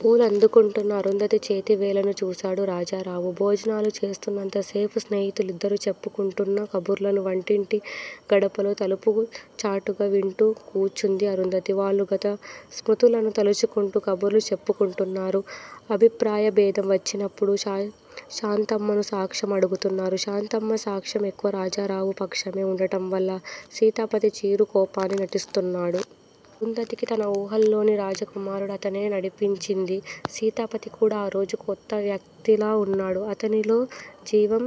పూలు అందుకుంటున్న అరుంధతి చేతివేళ్ళను చూశాడు రాజారావు. భోజనాలు చేస్తున్నంతసేపూ స్నేహితులిద్దరూ చెప్పుకుంటున్న కబుర్లను వంటింటి గడపలో తలుపుచాటుగా వింటూ కూచుంది అరుంధతి. వాళ్ళు గత స్మృతులను తలచుకుంటూ కబుర్లు చెప్పుకుంటున్నారు. అభిప్రాయభేదం వచ్చినప్పుడు శాంతమ్మను సాక్ష్యం అడుగుతున్నారు. శాంతమ్మ సాక్ష్యం ఎక్కువ రాజారావు పక్షమే ఉండటం వల్ల సీతాపతి చిరుకోపాన్ని నటిస్తున్నాడు. అరుంధతికి తన ఊహల్లోని రాజకుమారుడు అతనే నడిపించింది. సీతాపతి కూడా ఆ రోజు కొత్తవ్యక్తిలా వున్నాడు. అతనిలో జీవం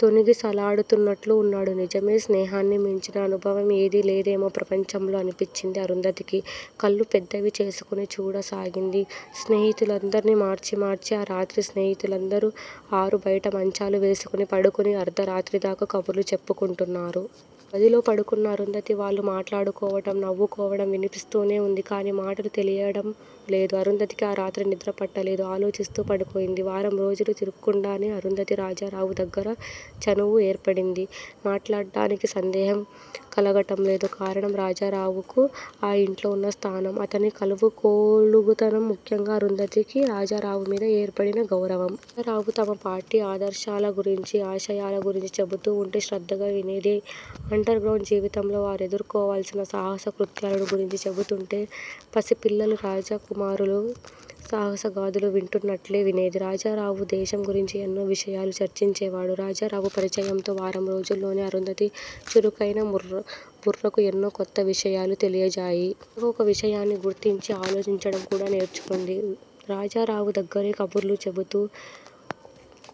తొణికిసలాడుతున్నట్లు వున్నాడు. నిజమే స్నేహాన్ని మించిన అనుభవం ఏదీ లేదేమో ప్రపంచంలో! అనిపించింది అరుంధతికి. కళ్ళు పెద్దవి చేసుకొని చూడసాగింది స్నేహితులందరినీ మార్చి మార్చి. ఆ రాత్రి స్నేహితులందరూ ఆరుబయట మంచాలు వేసుకుని పడుకుని అర్దరాత్రిదాకా కబుర్లు చెప్పుకుంటున్నారు. గదిలో పడుకున్న అరుంధతికి వాళ్ళు మాట్లాడుకోవటం, నవ్వుకోవటం వినిపిస్తూనే వుంది. కాని మాటలు తెలియటంలేదు. అరుంధతికి ఆ రాత్రి నిద్రపట్టలేదు. ఆలోచిస్తూ పడుకుంది. వారం రోజులు తిరక్కుండానే అరుంధతికి రాజారావు దగ్గర చనువు ఏర్పడింది. మాట్లాడడానికి సందేహం కలగటంలేదు. కారణం రాజారావుకు ఆ ఇంట్లోవున్న స్థానం, అతని కలుపుగోలుతనం, ముఖ్యంగా అరుంధతికి రాజారావుమీద ఏర్పడిన గౌరవం. రాజారావు తమ పార్టీ ఆదర్శాలగురించీ ఆశయాల గురించీ చెబుతూవుంటే శ్రద్ధగా వినేది. అండర్ గ్రౌండ్ జీవితంలో వారు ఎదుర్కోవలసిన సాహస కృత్యాలను గురించి చెబుతుంటే పసిపిల్లలు రాజకుమారులు సాహసగాథలు వింటున్నట్లే వినేది. రాజారావు దేశం గురించి ఎన్నో విషయాలు చర్చించేవాడు. రాజారావు పరిచయంతో వారం రోజుల్లోనే అరుంధతి చురుకైన బుర్రకు ఎన్నో కొత్త విషయాలు తెలియజాయి చక్కగా ఒక విషయాన్ని గురించి ఆలోచించటం కూడా నేర్చుకుంది. రాజారావు దగ్గరే కబుర్లు చెబుతూ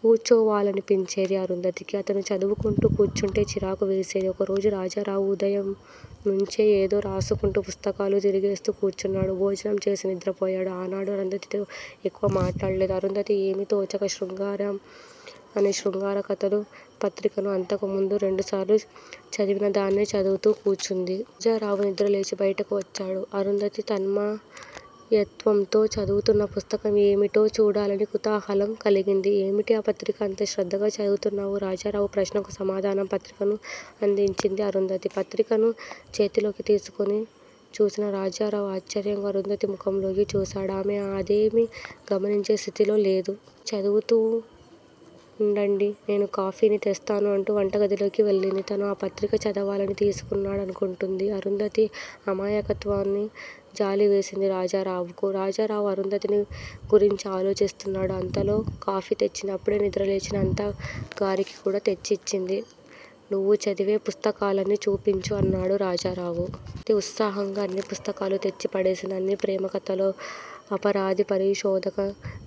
కూచోవాలనిపించేది అరుంధతికి. అతను చదువుకుంటూ కూచుంటే చిరాకు వేసేది. ఒకరోజు రాజారావు ఉదయంనుంచే ఏదో రాసుకుంటూ, పుస్తకాలు తిరగేస్తూ కూచున్నాడు. భోజనంచేసి నిద్రపోయాడు. ఆనాడు అరుంధతితో ఎక్కువ మాట్లాడలేదు. అరుంధతి ఏమీ తోచక శృంగారి అనే శృంగార కథల పత్రికను, అంతకు ముందు రెండుసార్లు చదివినదాన్నే చదువుతూ కూచుంది. రాజారావు నిద్రలేచి బయటకు వచ్చాడు. అరుంధతి తన్మయత్వంతో చదువుతున్న పుస్తకం ఏమిటో చూడాలని కుతూహలం కలిగింది. ఏమిటా పత్రిక? అంత శ్రద్ధగా చదువుతున్నావు? రాజారావు ప్రశ్నకు సమాధానంగా పత్రికను అందించింది అరుంధతి. పత్రికను చేతిలోకి తీసుకొని చూసిన రాజారావు ఆశ్చర్యంగా అరుంధతి ముఖంలోకి చూశాడు. ఆమె అదేమీ గమనించే స్థితిలో లేదు. మీరు చదువుతూండండి నేను కాఫీ తెస్తాను అంటూ వంటగదిలోకి వెళ్ళింది. తను ఆ పత్రిక చదవాలని తీసుకున్నాడనుకుంటూంది. అరుంధతి అమాయకత్వానికి జాలివేసింది రాజారావుకు. రాజారావు అరుంధతిని గురించే ఆలోచిస్తున్నాడు. అంతలో కాఫీ తెచ్చింది. అప్పుడే నిద్రలేచిన అత్తగారికి కూడా తెచ్చి ఇచ్చింది. నువ్వు చదివే పుస్తకాలన్నీ చూపించు అన్నాడు రాజారావు. ఉత్సాహంగా అన్ని పుస్తకాలు తెచ్చి పడేసింది. అన్నీ ప్రేమ కథలూ, అపరాధపరిశోధక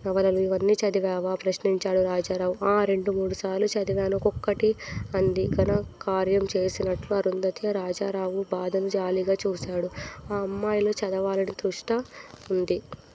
నవలలూ. ఇవన్నీ చదివావా? ప్రశ్నించాడు రాజారావు. ఆఁ- రెండు మూడుసార్లు చదివాను ఒక్కొక్కటి అంది ఘనకార్యం చేసినట్లు అరుంధతి. రాజారావు బాధను జాలిగా చూశాడు. ఆ అమ్మాయిలో చదవాలనీ తుష్ట వుంది.